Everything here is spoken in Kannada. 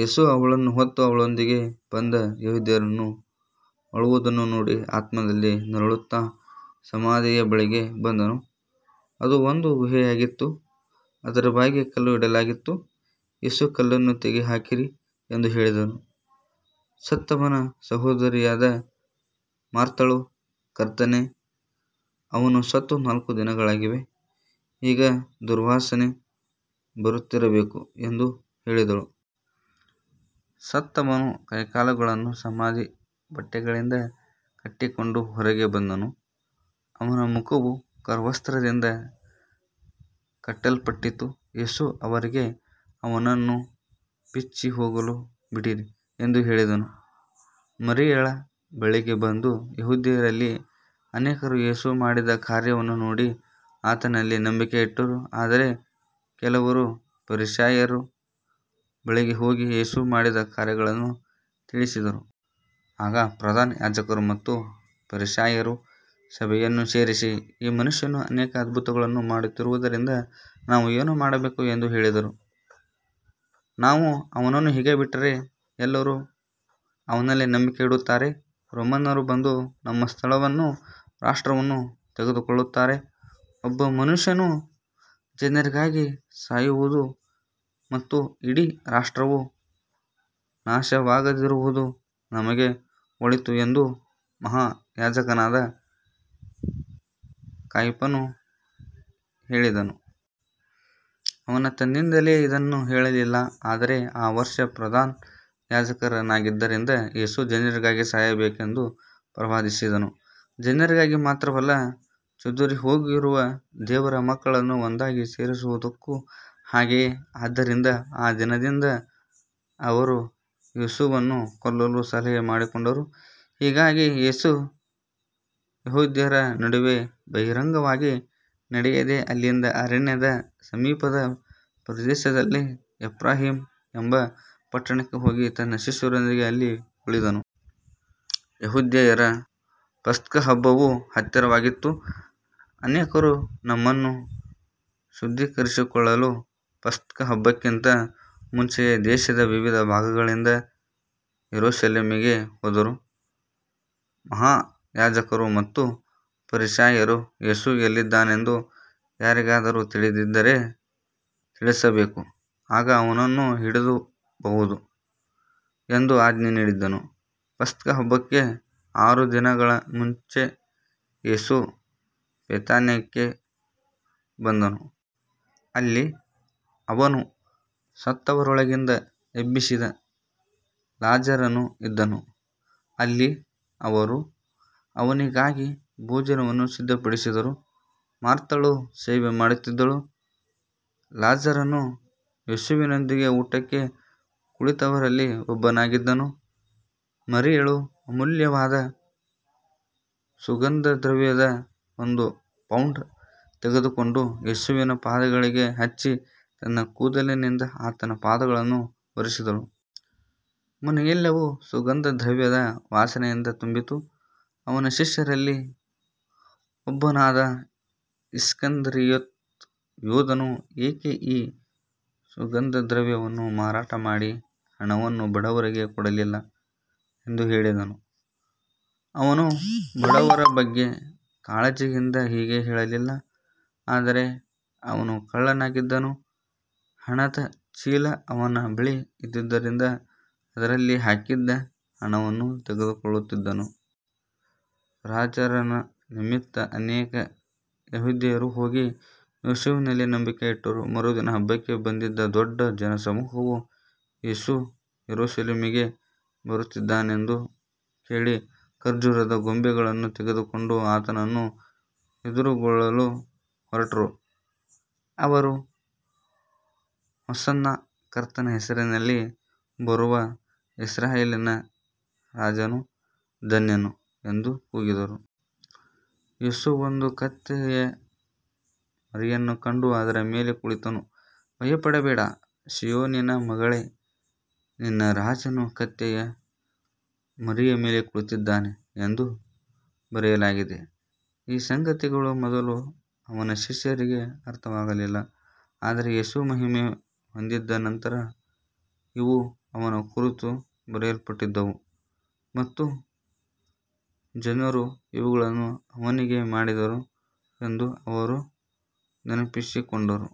ಯೇಸು ಅವಳನ್ನು ಮತ್ತು ಅವಳೊಂದಿಗೆ ಬಂದ ಯೆಹೂದ್ಯರನ್ನು ಅಳುವುದನ್ನು ನೋಡಿ ಆತ್ಮದಲ್ಲಿ ನರಳುತ್ತಾ ಸಮಾಧಿಯ ಬಳಿಗೆ ಬಂದನು. ಅದು ಒಂದು ಗುಹೆಯಾಗಿತ್ತು, ಅದರ ಬಾಯಿಗೆ ಕಲ್ಲು ಇಡಲಾಗಿತ್ತು. ಯೇಸು, ಕಲ್ಲನ್ನು ತೆಗೆದುಹಾಕಿರಿ ಎಂದು ಹೇಳಿದನು. ಸತ್ತವನ ಸಹೋದರಿಯಾದ ಮಾರ್ಥಳು, ಕರ್ತನೇ, ಅವನು ಸತ್ತು ನಾಲ್ಕು ದಿನಗಳಾಗಿವೆ, ಈಗ ದುರ್ವಾಸನೆ ಬರುತ್ತಿರಬೇಕು ಎಂದು ಹೇಳಿದಳು. ಸತ್ತವನು ಕೈಕಾಲುಗಳನ್ನು ಸಮಾಧಿ ಬಟ್ಟೆಗಳಿಂದ ಕಟ್ಟಿಕೊಂಡು ಹೊರಗೆ ಬಂದನು, ಅವನ ಮುಖವೂ ಕರವಸ್ತ್ರದಿಂದ ಕಟ್ಟಲ್ಪಟ್ಟಿತ್ತು. ಯೇಸು ಅವರಿಗೆ, ಅವನನ್ನು ಬಿಚ್ಚಿ ಹೋಗಲು ಬಿಡಿರಿ ಎಂದು ಹೇಳಿದನು. ಮರಿಯಳ ಬಳಿಗೆ ಬಂದ ಯೆಹೂದ್ಯರಲ್ಲಿ ಅನೇಕರು ಯೇಸು ಮಾಡಿದ ಕಾರ್ಯವನ್ನು ನೋಡಿ ಆತನಲ್ಲಿ ನಂಬಿಕೆ ಇಟ್ಟರು. ಆದರೆ ಕೆಲವರು ಫರಿಸಾಯರ ಬಳಿಗೆ ಹೋಗಿ ಯೇಸು ಮಾಡಿದ ಕಾರ್ಯಗಳನ್ನು ತಿಳಿಸಿದರು. ಆಗ ಪ್ರಧಾನ ಯಾಜಕರು ಮತ್ತು ಫರಿಸಾಯರು ಸಭೆಯನ್ನು ಸೇರಿಸಿ, ಈ ಮನುಷ್ಯನು ಅನೇಕ ಅದ್ಭುತಗಳನ್ನು ಮಾಡುತ್ತಿರುವುದರಿಂದ ನಾವು ಏನು ಮಾಡಬೇಕು ಎಂದು ಹೇಳಿದರು. ನಾವು ಅವನನ್ನು ಹೀಗೆ ಬಿಟ್ಟರೆ ಎಲ್ಲರೂ ಅವನಲ್ಲಿ ನಂಬಿಕೆ ಇಡುತ್ತಾರೆ, ರೋಮನ್ನರು ಬಂದು ನಮ್ಮ ಸ್ಥಳವನ್ನೂ ರಾಷ್ಟ್ರವನ್ನೂ ತೆಗೆದುಕೊಳ್ಳುತ್ತಾರೆ. ಒಬ್ಬ ಮನುಷ್ಯನು ಜನರಿಗಾಗಿ ಸಾಯುವುದು ಮತ್ತು ಇಡೀ ರಾಷ್ಟ್ರವು ನಾಶವಾಗದಿರುವುದು ನಮಗೆ ಒಳಿತು ಎಂದು ಮಹಾಯಾಜಕನಾದ ಕಾಯಫನು ಹೇಳಿದನು. ಅವನು ತನ್ನಿಂದಲೇ ಇದನ್ನು ಹೇಳಲಿಲ್ಲ, ಆದರೆ ಆ ವರ್ಷ ಪ್ರಧಾನ ಯಾಜಕನಾಗಿದ್ದರಿಂದ ಯೇಸು ಜನರಿಗಾಗಿ ಸಾಯಬೇಕೆಂದು ಪ್ರವಾದಿಸಿದನು. ಜನರಿಗಾಗಿ ಮಾತ್ರವಲ್ಲ, ಚದುರಿಹೋಗಿರುವ ದೇವರ ಮಕ್ಕಳನ್ನು ಒಂದಾಗಿ ಸೇರಿಸುವುದಕ್ಕೂ ಹಾಗೆಯೇ. ಆದ್ದರಿಂದ ಆ ದಿನದಿಂದ ಅವರು ಯೇಸುವನ್ನು ಕೊಲ್ಲಲು ಸಲಹೆ ಮಾಡಿಕೊಂಡರು. ಹೀಗಾಗಿ ಯೇಸು ಯೆಹೂದ್ಯರ ನಡುವೆ ಬಹಿರಂಗವಾಗಿ ನಡೆಯದೆ ಅಲ್ಲಿಂದ ಅರಣ್ಯದ ಸಮೀಪದ ಪ್ರದೇಶದಲ್ಲಿರುವ ಎಫ್ರಾಯೀಮ್ ಎಂಬ ಪಟ್ಟಣಕ್ಕೆ ಹೋಗಿ ತನ್ನ ಶಿಷ್ಯರೊಂದಿಗೆ ಅಲ್ಲೇ ಉಳಿದನು. ಯೆಹೂದ್ಯರ ಪಸ್ಕಹಬ್ಬವು ಹತ್ತಿರವಾಗಿತ್ತು. ಅನೇಕರು ತಮ್ಮನ್ನು ಶುದ್ಧೀಕರಿಸಿಕೊಳ್ಳಲು ಪಸ್ಕಹಬ್ಬಕ್ಕಿಂತ ಮುಂಚೆಯೇ ದೇಶದ ವಿವಿಧ ಭಾಗಗಳಿಂದ ಯೆರೂಸಲೇಮಿಗೆ ಹೋದರು. ಮಹಾಯಾಜಕರು ಮತ್ತು ಫರಿಸಾಯರು, ಯೇಸು ಎಲ್ಲಿದ್ದಾನೆಂದು ಯಾರಿಗಾದರೂ ತಿಳಿದಿದ್ದರೆ ತಿಳಿಸಬೇಕು, ಆಗ ಅವನನ್ನು ಹಿಡಿಯಬಹುದು ಎಂದು ಆಜ್ಞೆ ನೀಡಿದ್ದರು. ಪಸ್ಕಹಬ್ಬಕ್ಕೆ ಆರು ದಿನಗಳ ಮುಂಚೆ ಯೇಸು ಬೇಥಾನ್ಯಕ್ಕೆ ಬಂದನು. ಅಲ್ಲಿ ಅವನು ಸತ್ತವರೊಳಗಿಂದ ಎಬ್ಬಿಸಿದ ಲಾಜರನು ಇದ್ದನು. ಅಲ್ಲಿ ಅವರು ಅವನಿಗಾಗಿ ಭೋಜನವನ್ನು ಸಿದ್ಧಪಡಿಸಿದರು. ಮಾರ್ಥಳು ಸೇವೆ ಮಾಡುತ್ತಿದ್ದಳು, ಲಾಜರನು ಯೇಸುವಿನೊಂದಿಗೆ ಊಟಕ್ಕೆ ಕುಳಿತವರಲ್ಲಿ ಒಬ್ಬನಾಗಿದ್ದನು. ಮರಿಯಳು ಅಮೂಲ್ಯವಾದ ಸುಗಂಧದ್ರವ್ಯದ ಒಂದು ಪೌಂಡ್ ತೆಗೆದುಕೊಂಡು ಯೇಸುವಿನ ಪಾದಗಳಿಗೆ ಹಚ್ಚಿ ತನ್ನ ಕೂದಲಿನಿಂದ ಆತನ ಪಾದಗಳನ್ನು ಒರೆಸಿದಳು. ಮನೆಯೆಲ್ಲವೂ ಸುಗಂಧದ್ರವ್ಯದ ವಾಸನೆಯಿಂದ ತುಂಬಿತು. ಅವನ ಶಿಷ್ಯರಲ್ಲಿ ಒಬ್ಬನಾದ ಇಸ್ಕರಿಯೋತ ಯೂದನು, ಏಕೆ ಈ ಸುಗಂಧದ್ರವ್ಯವನ್ನು ಮಾರಾಟ ಮಾಡಿ ಹಣವನ್ನು ಬಡವರಿಗೆ ಕೊಡಲಿಲ್ಲ ಎಂದು ಹೇಳಿದನು. ಅವನು ಬಡವರ ಬಗ್ಗೆ ಕಾಳಜಿಯಿಂದ ಹೀಗೆ ಹೇಳಲಿಲ್ಲ, ಆದರೆ ಅವನು ಕಳ್ಳನಾಗಿದ್ದನು. ಹಣದ ಚೀಲ ಅವನ ಬಳಿ ಇದ್ದುದರಿಂದ ಅದರಲ್ಲಿ ಹಾಕಿದ್ದ ಹಣವನ್ನು ತೆಗೆದುಕೊಳ್ಳುತ್ತಿದ್ದನು. ಲಾಜರನ ನಿಮಿತ್ತ ಅನೇಕ ಯೆಹೂದ್ಯರು ಹೋಗಿ ಯೇಸುವಿನಲ್ಲಿ ನಂಬಿಕೆ ಇಟ್ಟರು. ಮರುದಿನ ಹಬ್ಬಕ್ಕೆ ಬಂದಿದ್ದ ದೊಡ್ಡ ಜನಸಮೂಹವು ಯೇಸು ಯೆರೂಸಲೇಮಿಗೆ ಬರುತ್ತಿದ್ದಾನೆಂದು ಕೇಳಿ ಖರ್ಜೂರದ ಕೊಂಬೆಗಳನ್ನು ತೆಗೆದುಕೊಂಡು ಆತನನ್ನು ಎದುರುಗೊಳ್ಳಲು ಹೊರಟರು. ಅವರು, ಹೊಸನ್ನಾ, ಕರ್ತನ ಹೆಸರಿನಲ್ಲಿ ಬರುವ ಇಸ್ರಾಯೇಲಿನ ರಾಜನು ಧನ್ಯನು ಎಂದು ಕೂಗಿದರು. ಯೇಸು ಒಂದು ಕತ್ತೆಯ ಮರಿಯನ್ನು ಕಂಡು ಅದರ ಮೇಲೆ ಕುಳಿತನು. ಭಯಪಡಬೇಡ, ಸೀಯೋನಿನ ಮಗಳೇ, ನಿನ್ನ ರಾಜನು ಕತ್ತೆಯ ಮರಿಯ ಮೇಲೆ ಕುಳಿತಿದ್ದಾನೆ ಎಂದು ಬರೆಯಲಾಗಿದೆ. ಈ ಸಂಗತಿಗಳು ಮೊದಲು ಅವನ ಶಿಷ್ಯರಿಗೆ ಅರ್ಥವಾಗಲಿಲ್ಲ. ಆದರೆ ಯೇಸು ಮಹಿಮೆ ಹೊಂದಿದ ನಂತರ, ಇವು ಅವನ ಕುರಿತು ಬರೆಯಲ್ಪಟ್ಟಿದ್ದವು ಮತ್ತು ಜನರು ಇವುಗಳನ್ನು ಅವನಿಗೆ ಮಾಡಿದರು ಎಂದು ಅವರು ನೆನಪಿಸಿಕೊಂಡರು.